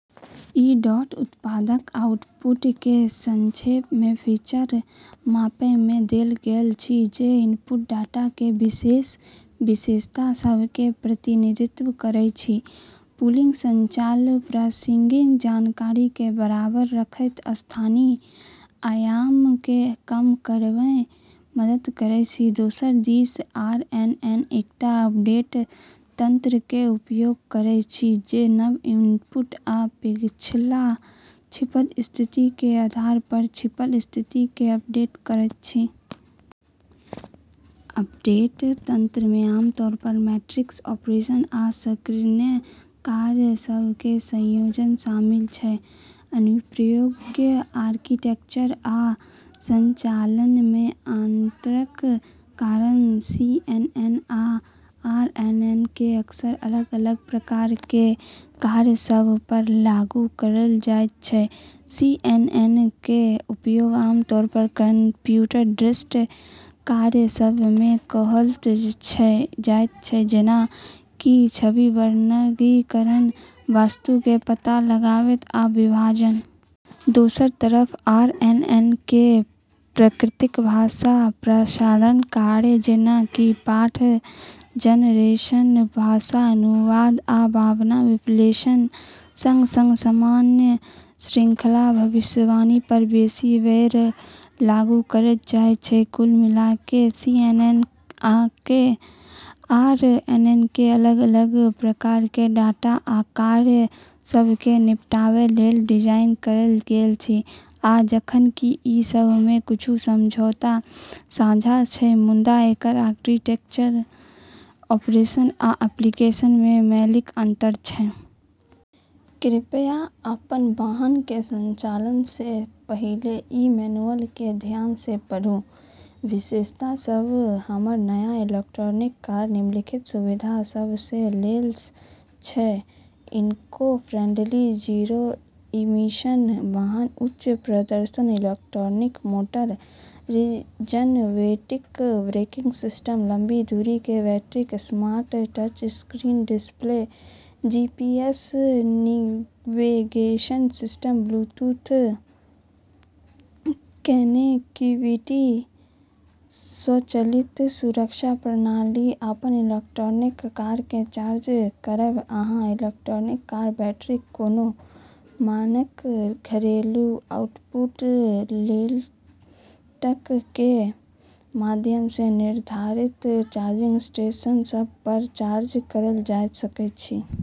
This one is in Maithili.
ई डॉट उत्पादक आउटपुटकेँ संक्षेपमे फीचर मैपमे देल गेल अछि जे इनपुट डाटाक विशेष विशेषता सभकेँ प्रतिनिधित्व करैत अछि। पूलिंग संचालन प्रासंगिक जानकारीकेँ बरकरार रखैत स्थानिक आयामकेँ कम करैमे मदद करैत अछि। दोसर दिस आरएनएन एकटा अपडेट तंत्रक उपयोग करैत अछि जे नव इनपुट आ पिछला छिपल स्थितिक आधारपर छिपल स्थितिकेँ अपडेट करैत अछि। अपडेट तंत्रमे आमतौरपर मैट्रिक्स ऑपरेशन आ सक्रियण कार्य सभक संयोजन शामिल छै। अनुप्रयोग: आर्किटेक्चर आ संचालनमे अंतरक कारण सीएनएन आ आरएनएनकेँ अक्सर अलग-अलग प्रकारक कार्य सभपर लागू कएल जाइत छै। सीएनएनक उपयोग आमतौरपर कंप्यूटर दृष्टि कार्य सभमे कएल जाइत छै, जेना कि छवि वर्गीकरण, वस्तुकेँ पता लगाइब, आ विभाजन। दोसर तरफ आरएनएनकेँ प्राकृतिक भाषा प्रसंस्करण कार्य, जेना कि पाठ जनरेशन, भाषा अनुवाद, आ भावना विश्लेषणक संग-संग समय श्रृंखला भविष्यवाणीपर बेसी बेर लागू कएल जाइत छै। कुल मिला कऽ, सीएनएन आ आरएनएनकेँ अलग-अलग प्रकारक डाटा आ कार्य सभसँ निपटै लेल डिजाइन कएल गेल अछि, आ जखन कि ई सभमे किछु समानता साझा छै, मुदा एकर आर्किटेक्चर, ऑपरेशन आ एप्लीकेशनमे मौलिक अंतर छै। कृपया अपन वाहनक संचालनसँ पहिले ई मैनुअलकेँ ध्यानसँ पढ़ू। विशेषता सभ हमर नया इलेक्ट्रिक कार निम्नलिखित सुविधा सभसँ लैस छै: इको-फ्रेंडली, जीरो-इमिशन वाहन उच्च प्रदर्शन electric motor regenerative braking system लंबी दूरीक battery smart touchscreen display GPS navigation system Bluetooth connectivity स्वचालित सुरक्षा प्रणाली अपन इलेक्ट्रिक कारकेँ चार्ज करब अहाँक इलेक्ट्रिक कारक बैटरी कोनो मानक घरेलू आउटलेटक माध्यमसँ वा निर्धारित चार्जिंग स्टेशन सभपर चार्ज कएल जा सकैत अछि।